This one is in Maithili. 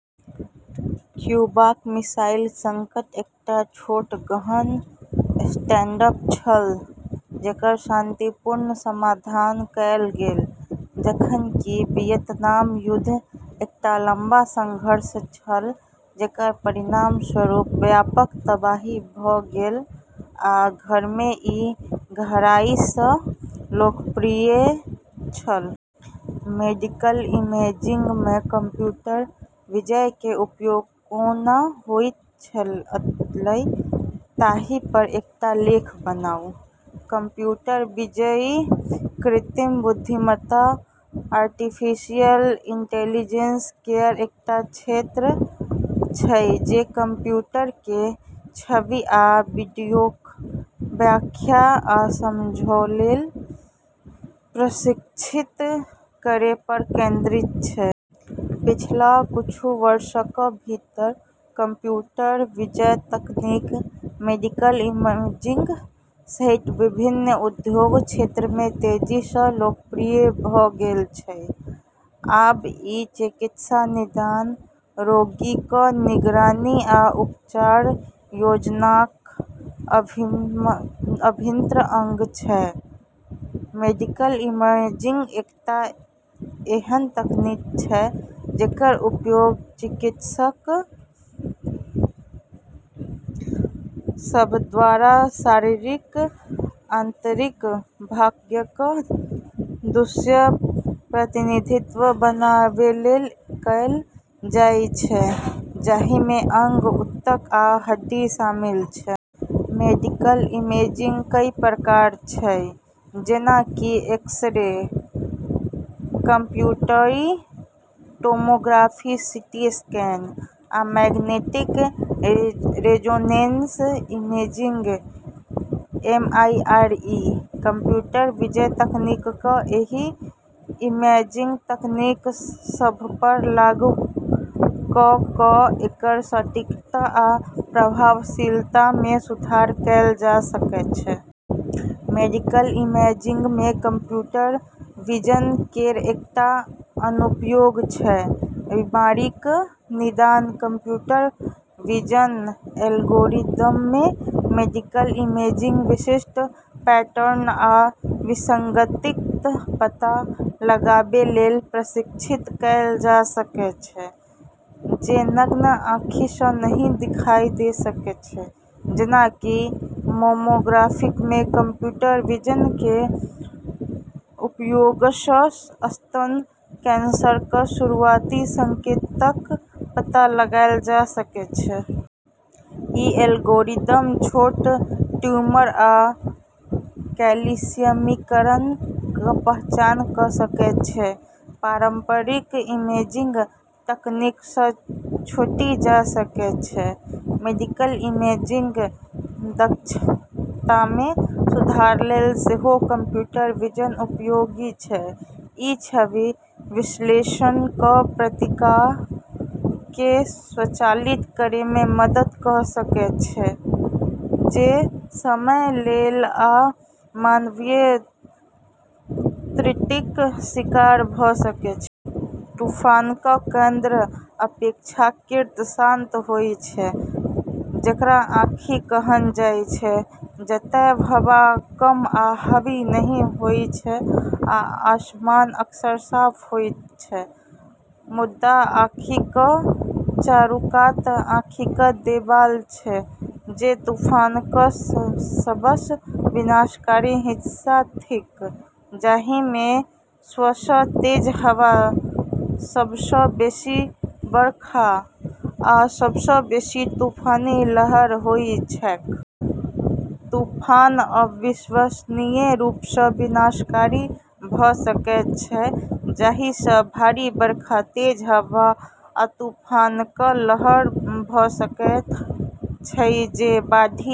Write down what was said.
क्यूबाक मिसाइल संकट एकटा छोट, गहन स्टैंडऑफ छल जेकर शांतिपूर्ण समाधान कएल गेल, जखन कि वियतनाम युद्ध एकटा लम्बा संघर्ष छल जेकर परिणामस्वरूप व्यापक तबाही भऽ गेल आ घरमे ई गहराईसँ अलोकप्रिय छल। मेडिकल इमेजिंगमे कंप्यूटर विजन के उपयोग कोना होइत अछि ताहि पर एकटा लेख बनाउ। कंप्यूटर विजन कृत्रिम बुद्धिमत्ता आर्टिफिशियल इंटेलिजेंस केर एकटा क्षेत्र अछि जे कंप्यूटरकेँ छवि आ वीडियोक व्याख्या आ समझैलेल प्रशिक्षित करैपर केंद्रित छै। पिछला किछु वर्षक भीतर कंप्यूटर विजन तकनीक मेडिकल इमेजिंग सहित विभिन्न उद्योग क्षेत्रमे तेजीसँ लोकप्रिय भऽ गेल अछि। आब ई चिकित्सा निदान, रोगीक निगरानी, आ उपचार योजनाक अभिन्न अंग छै। मेडिकल इमेजिंग एकटा एहन तकनीक छै जेकर उपयोग चिकित्सक सभद्वारा शरीरक आंतरिक भागक दृश्य प्रतिनिधित्व बनाबैलेल कएल जाइछ, जाहिमे अंग, ऊतक आ हड्डी शामिल छै। मेडिकल इमेजिंगक कई प्रकार छै, जेना कि X-ray, computed tomography CT scan, आ magnetic resonance imaging MRI. Computer vision तकनीककेँ एहि इमेजिंग तकनीक सभपर लागू कऽ कऽ एकर सटीकता आ प्रभावशीलतामे सुधार कएल जा सकैछ। मेडिकल इमेजिंगमे कंप्यूटर विजन केर एकटा अनुप्रयोग छै बीमारीक निदान। कंप्यूटर विजन एल्गोरिदमकेँ मेडिकल इमेजमे विशिष्ट पैटर्न आ विसंगतिक पता लगाबैलेल प्रशिक्षित कएल जा सकैछ, जे नग्न आँखिसँ नहि दिखाई दऽ सकैछ। जेना कि मैमोग्राफीमे कंप्यूटर विजन के उपयोगसँ स्तन कैंसरक शुरुआती संकेतक पता लगाएल जा सकैछ। ई एल्गोरिदम छोट ट्यूमर या कैल्शियमीकरणक पहचान कऽ सकैछ जे पारंपरिक इमेजिंग तकनीकसँ छूटी जा सकैछ। मेडिकल इमेजिंगक दक्षतामे सुधारलेल सेहो कंप्यूटर विजन उपयोगी छै। ई छवि विश्लेषणक प्रक्रियाकेँ स्वचालित करैमे मदद कऽ सकैछ, जे समयलेल आ मानवीय त्रुटिक शिकार भऽ सकैछ। तूफानक केंद्र अपेक्षाकृत शांत होइत छै, जेकरा आँखि कहल जाइछ, जतए हवा कम या हवा नहि होइत छै आ आसमान अक्सर साफ होइत छै। मुदा, आँखिक चारूकात आँखिक देबाल छैक, जे तूफानक सबसँ विनाशकारी हिस्सा थिक, जाहिमे सबसँ तेज हवा, सबसँ बेसी बरखा, आ सबसँ बेसी तूफानी लहर होइत छैक। तूफान अविश्वसनीय रूपसँ विनाशकारी भऽ सकैत अछि, जाहिसँ भारी बरखा, तेज हवा, आ तूफानक लहर भऽ सकैत अछि जे बाढ़ि--